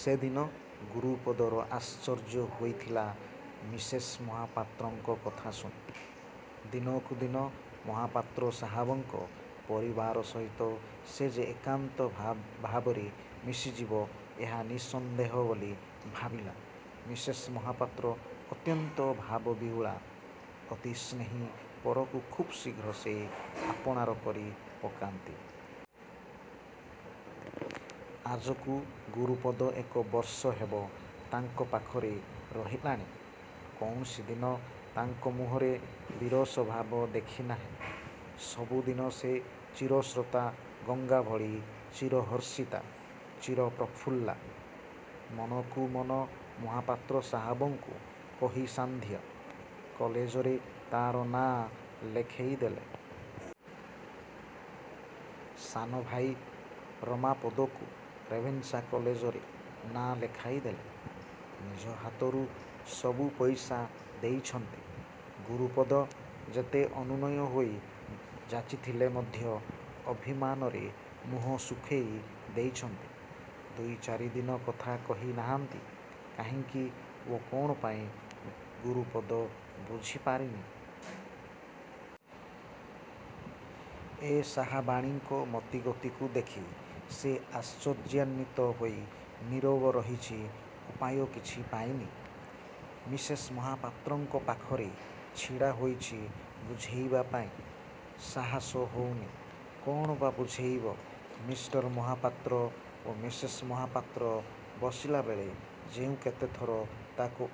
ସେଦିନ ଗୁରୁପଦର ଆଶ୍ଚର୍ଯ୍ୟ ହୋଇଥିଲା ମିସେସ୍ ମହପାତ୍ରଙ୍କ କଥା ଶୁଣି। ଦିନକୁ ଦିନ ମହାପାତ୍ର ସାହାବଙ୍କ ପରିବାର ସହିତ ସେ ଯେ ଏକାନ୍ତ ଭାବରେ ମିଶିଯିବ ଏହ ନିଃସନ୍ଦେହ ବୋଲି ଭାବିଲା। ମିସେସ୍ ମହାପାତ୍ର ଅତ୍ୟନ୍ତ ଭାବବିହ୍ୱଳା। ଅତି ସ୍ନେହୀ ପରକୁ ଖୁବ୍ ଶୀଘ୍ର ସେ ଆପଣାର କରି ପକାନ୍ତି। ଆଜକୁ ଗୁରୁପଦ ଏକ ବର୍ଷ ହେବ ତାଙ୍କ ପାଖରେ ରହିଲାଣି। କୌଣସି ଦିନ ତାଙ୍କ ମୁହଁରେ ବିରସ ଭାବ ଦେଖି ନାହିଁ। ସବୁଦିନ ସେ ଚିର ସ୍ରୋତା ଗଙ୍ଗାଭଳି ଚିର ହର୍ଷିତା, ଚିର ପ୍ରଫୁଲ୍ଲା। ମନକୁ ମନ ମହାପାତ୍ର ସାହାବଙ୍କୁ କହି ସାନ୍ଧ୍ୟ। କଲେଜରେ ତା'ର ନାଁ ଲେଖାଇ ଦେଲେ। ସାନ ଭାଇ ରମାପଦକୁ ରେଭେନ୍ସା କଲେଜରେ ନାଁ ଲେଖାଇ ଦେଲେ। ନିଜ ହାତରୁ ସବୁ ପଇସା ଦେଇଛନ୍ତି। ଗୁରୁପଦ ଯେତେ ଅନୁନ୍ୱୟ ହୋଇ ଯାଚିଥିଲେ ମଧ୍ୟ ଅଭିମାନରେ ମୁହଁ ଶୁଖେଇ ଦେଇଛନ୍ତି। ଦୁଇ ଚାରି ଦିନ କଥା କହି ନାହାନ୍ତି। କାହିଁକି ଓ କ'ଣ ପାଇଁ ଗୁରୁପଦ ବୁଝିପାରିନି। ଏ ସାହାବାଣୀଙ୍କ ମତିଗତିକୁ ଦେଖି ସେ ଆଶ୍ଚର୍ଯ୍ୟାନ୍ୱିତ ହୋଇ ନୀରବ ରହିଛି ଉପାୟ କିଛି ପାଇନି। ମିସେସ୍ ମହାପାତ୍ରଙ୍କ ପାଖରେ ଛିଡ଼ା ହୋଇଛି ବୁଝେଇବା ପାଇଁ। ସାହସ ହୋଇନି। କ'ଣ ବା ବୁଝେଇବ। ମିଷ୍ଟର ମହାପାତ୍ର ଓ ମିସେସ୍ ମହାପାତ୍ର ବସିଲାବେଳେ ଯେଉଁ କେତେଥର ତା'କୁ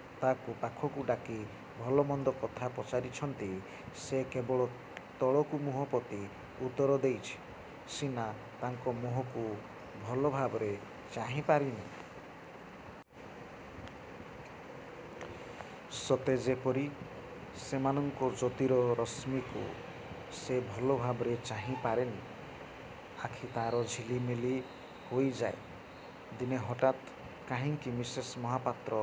ପାଖକୁ ଡାକି ଭଲ ମନ୍ଦ କଥା ପଚାରିଛନ୍ତି, ସେ କେବଳ ତଳକୁ ମୁହଁ ପୋତି ଉତ୍ତର ଦେଇଛି ସିନା ତାଙ୍କ ମୁହଁକୁ ଭଲ ଭାବରେ ଚାହିଁ ପାରିନି। ସତେ ଯେପରି ସେମାନଙ୍କ ଜ୍ୟୋତିର ରଶ୍ମୀକୁ ସେ ଭଲ ଭାବରେ ଚାହିଁ ପାରେନି। ଆଖି ତା'ର ଝିଲି ମିଲି ହୋଇଯାଏ। ଦିନେ ହଠାତ୍ କାହିଁକି ମିସେସ୍ ମହାପାତ୍ର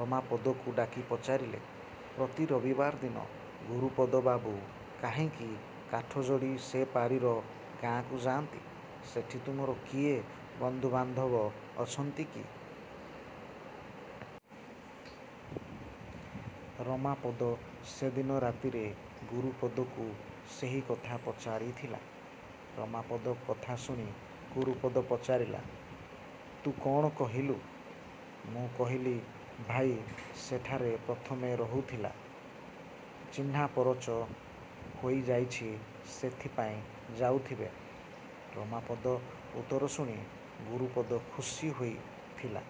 ରମାପଦକୁ ଡାକି ପଚାରିଲେ-ପ୍ରତି ରବିବାର ଦିନ ଗୁରୁପଦ ବାବୁ କାହିଁକି କାଠଯୋଡ଼ି ସେପାରିର ଗାଁକୁ ଯାଆନ୍ତି; ସେଠି ତୁମର କିଏ ବନ୍ଧୁବାନ୍ଧବ ଅଛନ୍ତି କି? ରମାପଦ ସେଦିନ ରାତିରେ ଗୁରୁପଦକୁ ସେହି କଥା ପଚାରି ଥିଲା। ରମାପଦ କଥା ଶୁଣି ଗୁରୁପଦ ପଚାରିଲା-ତୁ କ'ଣ କହିଲୁ? ମୁଁ କହିଲି, ଭାଇ ସେଠାରେ ପ୍ରଥମେ ରହୁଥିଲା। ଚିହ୍ନାପରଚ ହୋଇଯାଇଛି ସେଥିପାଇଁ ଯାଉଥିବେ। ରମାପଦ ଉତ୍ତର ଶୁଣି ଗୁରୁପଦ ଖୁସି ହୋଇଥିଲା।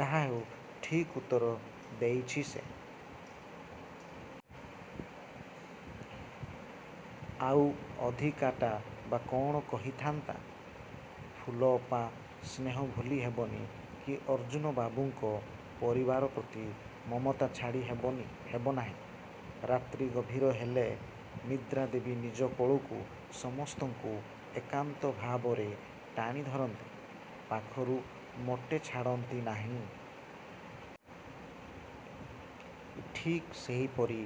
ଯାହାହେଉ ଠିକ୍ ଉତ୍ତର ଦେଇଛି ସେ। ଆଉ ଅଧିକାଟା ବା କ'ଣ କହି ଥାଆନ୍ତା? ଫୁଲଅପା ସ୍ନେହ ଭୁଲି ହେବନି କି ଅର୍ଜ୍ଜୁନବାବୁଙ୍କ ପରିବାର ପ୍ରତି ମମତା ଛାଡ଼ି ହେବନାହିଁ। ରାତ୍ରି ଗଭୀର ହେଲେ ନିଦ୍ରା ଦେବୀ ନିଜ କୋଳକୁ ସମସ୍ତଙ୍କୁ ଏକାନ୍ତ ଭାବରେ ଟାଣି ଧରନ୍ତି। ପାଖରୁ ମୋଟେ ଛାଡ଼ନ୍ତି ନାହିଁ। ଠିକ୍ ସେହିପରି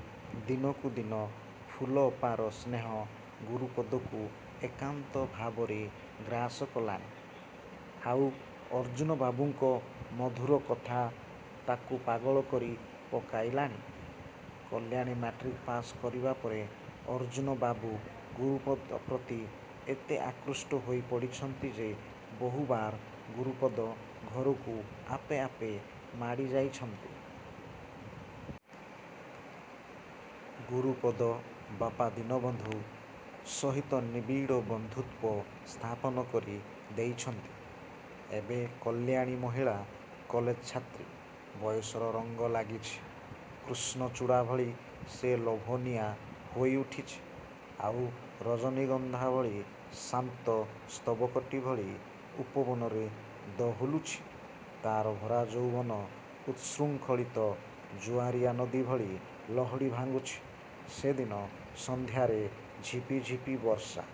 ଦିନକୁ ଦିନ ଫୁଲଅପାର ସ୍ନେହ ଗୁରୁପଦକୁ ଏକାନ୍ତ ଭାବରେ ଗ୍ରାସ କଲାଣି। ଆଉ ଅର୍ଜ୍ଜୁନବାବୁଙ୍କ ମଧୁର କଥା ତା'କୁ ପାଗଳ କରି ପକାଇଲାଣି। କଲ୍ୟାଣୀ ମାଟ୍ରିକ୍ ପାସ୍ କରିବା ପରେ ଅର୍ଜ୍ଜୁନବାବୁ ଗୁରୁପଦ ପ୍ରତି ଏତେ ଆକୃଷ୍ଟ ହୋଇ ପଡ଼ିଛନ୍ତି ଯେ ବହୁବାର ଗୁରୁପଦ ଘରକୁ ଆପେ ଆପେ ମାଡ଼ି ଯାଇଛନ୍ତି। ଗୁରୁପଦ ବାପା ଦୀନବନ୍ଧୁ ସହିତ ନିବିଡ଼ ବନ୍ଧୁତ୍ୱ ସ୍ଥାପନ କରି ଦେଇଛନ୍ତି। ଏବେ କଲ୍ୟାଣୀ ମହିଳା କଲେଜ ଛାତ୍ରୀ। ବୟସର ରଙ୍ଗ ଲାଗିଛି। କୃଷ୍ଣଚୂଡ଼ା ଭଳି ସେ ଲୋଭନୀୟା ହୋଇ ଉଠିଛି। ଆଉ ରଜନୀଗନ୍ଧା ଭଳି ଶାନ୍ତ ସ୍ତବକଟି ଭଳି ଉପବନରେ ଦୋହଲୁଛି। ତା'ର ଭରା ଯୌବନ ଉତ୍ଶୃଙ୍ଖଳିତ ଜୁଆରିଆ ନଦୀ ଭଳି ଲହଡ଼ି ଭାଙ୍ଗୁଛି। ସେଦିନ ସନ୍ଧ୍ୟାରେ ଝିପିଝିପି ବର୍ଷା